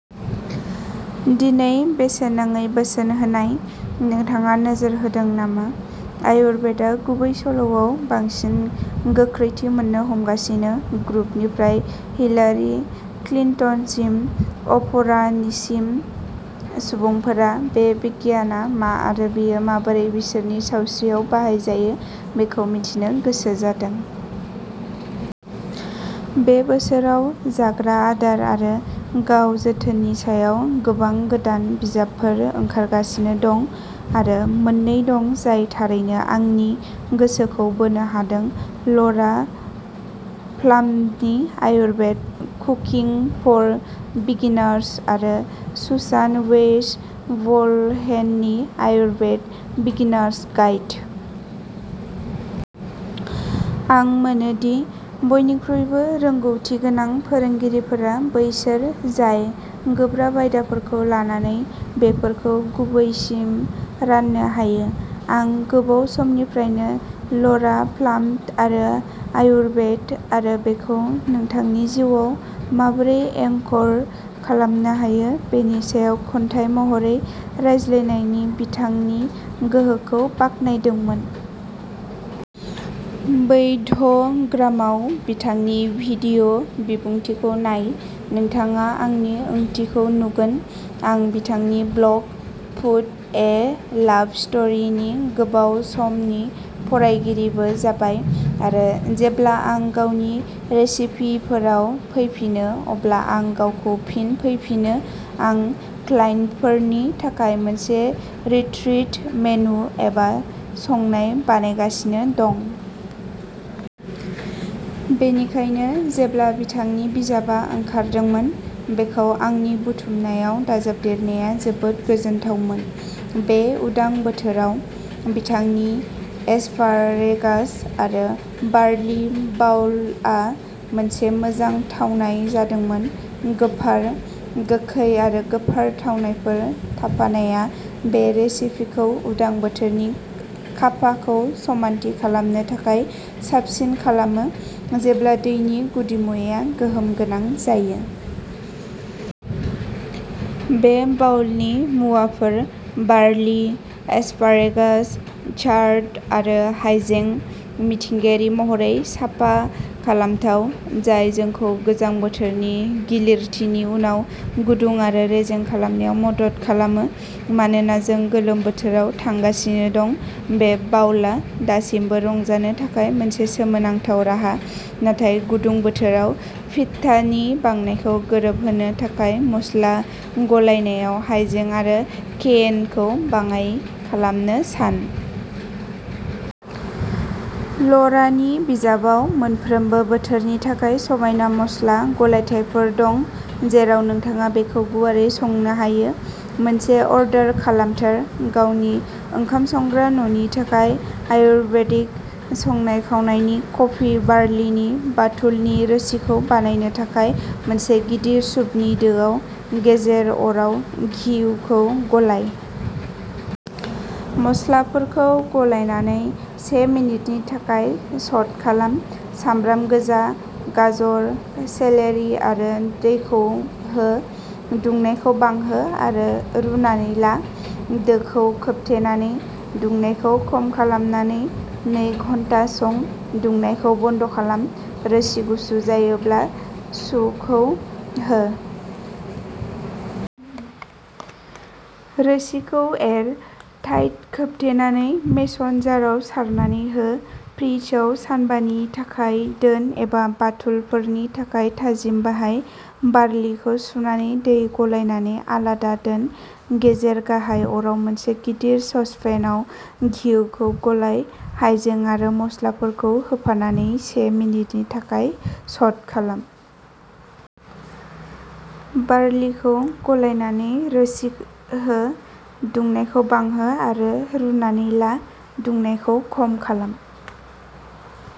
दिनै बेसेन नाङै बोसोन होनाय। नोंथाङा नोजोर होदों नामा? आयुर्वेदआ गुबैसलायाव बांसिन गोख्रैथि मोन्नो हमगासिनो गूपनिफ्राय हिलारी क्लिन्टनसिम अपराहसिम सुबुंफोरा बे बिगियानआ मा आरो बेयो माबोरै बिसोरनि सावस्रियाव बाहायजायो बेखौ मिथिनो गोसो जादों। बे बोसोराव जाग्रा आदार आरो गाव जोथोननि सायाव गोबां गोदान बिजाबफोर ओंखारगासिनो दं, आरो मोननै दं जाय थारैनो आंनि गोसोखौ बोनो हादों लरा प्लाम्बनि आयुर्बेद कुकिं फर बिगिनार्स आरो सुसान वेइस बलहेननि आयुर्बेद बिगिनार्स गाइड। आं मोनोदि बयनिख्रुइबो रोंग'थिगोनां फोरोंगिरिफोरा बैसोर जाय गोब्राब आयदाफोरखौ लानानै बेफोरखौ गुबैसिम राननो हायो। आं गोबाव समनिफ्रायनो लरा प्लाम्ब आरो आयुर्बेद आरो बेखौ नोंथांनि जिउआव माबोरै एंकर खालामनो हायो बेनि सायाव खन्थाइ महरै रायज्लायनायनि बिथांनि गोहोखौ बाख्नायदोंमोन। वैद्यग्रामायाव बिथांनि भिडिय' बिबुंथिखौ नाय, नोंथाङा आंनि ओंथिखौ नुगोन। आं बिथांनि ब्लग, फुड ए लाभ स्टरीनि गोबाव समनि फरायगिरिबो जाबाय, आरो जेब्ला आं गावनि रेसिपिफोराव फैफिनो, अब्ला आं गावखौ फिन फैफिनो। आं क्लाइन्टफोरनि थाखाय मोनसे रिट्रीट मेनु एबा संनाय बानायगासिनो दं। बेनिखायनो जेब्ला बिथांनि बिजाबआ ओंखारदोंमोन, बेखौ आंनि बुथुमनायाव दाजाबदेरनाया जोबोद गोजोनथावमोन। बे उदां बोथोराव, बिथांनि एस्पारेगास आरो बार्लि बाउलआ मोनसे मोजां थावनाय जादोंमोन। गोफार, गोखै आरो गोफार थावनायफोर थाफानायआ बे रेसिपिखौ उदां बोथोरनि काफाखौ समानथि खालामनो थाखाय साबसिन खालामो, जेब्ला दैनि गुदिमुवाआ गोहोम गोनां जायो। बे बाउलनि मुवाफोर बार्लि, एस्पारेगास, चार्ड आरो हायजें मिथिंगायारि महरै साफा खालामथाव, जाय जोंखौ गोजां बोथोरनि गिलिरथिनि उनाव गुदुं आरो रेजें खालामनायाव मदद खालामो। मानोना जों गोलोम बोथोराव थांगासिनो दं, बे बाउलआ दासिमबो रंजानो थाखाय मोनसे सोमोनांथाव राहा, नाथाय गुदुं बोथोराव पिट्टानि बांनायखौ गोरोबहोनो थाखाय मस्ला गलायनायाव हायजें आरो केयेनखौ बाङाइ खालामनो सान। लरानि बिजाबाव मोनफ्रोमबो बोथोरनि थाखाय समायना मस्ला गलायथायफोर दं, जेराव नोंथाङा बेखौ गुवारै संनो हायो। मोनसे अर्डार खालामथार। गावनि ओंखाम संग्रा न' नि थाखाय आयुर्बेदिक संनाय खावनायनि कपि बार्लिनि बाथुलनि रोसिखौ बानायनो थाखाय मोनसे गिदिर सुपनि दोआव गेजेर अराव घिउखौ गलाइ। मस्लाफोरखौ गलायनानै से मिनिटनि थाखाय सट खालाम। सामब्राम गोजा, गाजर, सेलेरि आरो दैखौ हो। दुंनायखौ बांहो आरो रुनानै ला। दोखौ खोबथेनानै, दुंनायखौ खम खालामनानै नै घन्टा सं। दुंनायखौ बन्द खालाम। रोसि गुसु जायोब्ला शयुखौ हो। रोसिखौ एर, टाइट खोबथेनानै मेसन जारआव सारनानै हो। फ्रिजआव सानबानि थाखाय दोन एबा बाथुलफोरनि थाखाय थाजिम बाहाय। बार्लिखौ सुनानै दै गलायनानै आलादा दोन। गेजेर गाहाय अराव मोनसे गिदिर ससप्यानाव घिउखौ गलाइ। हायजें आरो मस्लाफोरखौ होफानानै से मिनिटनि थाखाय सट खालाम। बार्लिखौ गलायनानै रोसि हो, दुंनायखौ बांहो आरो रुनानै ला। दुंनायखौ खम खालाम।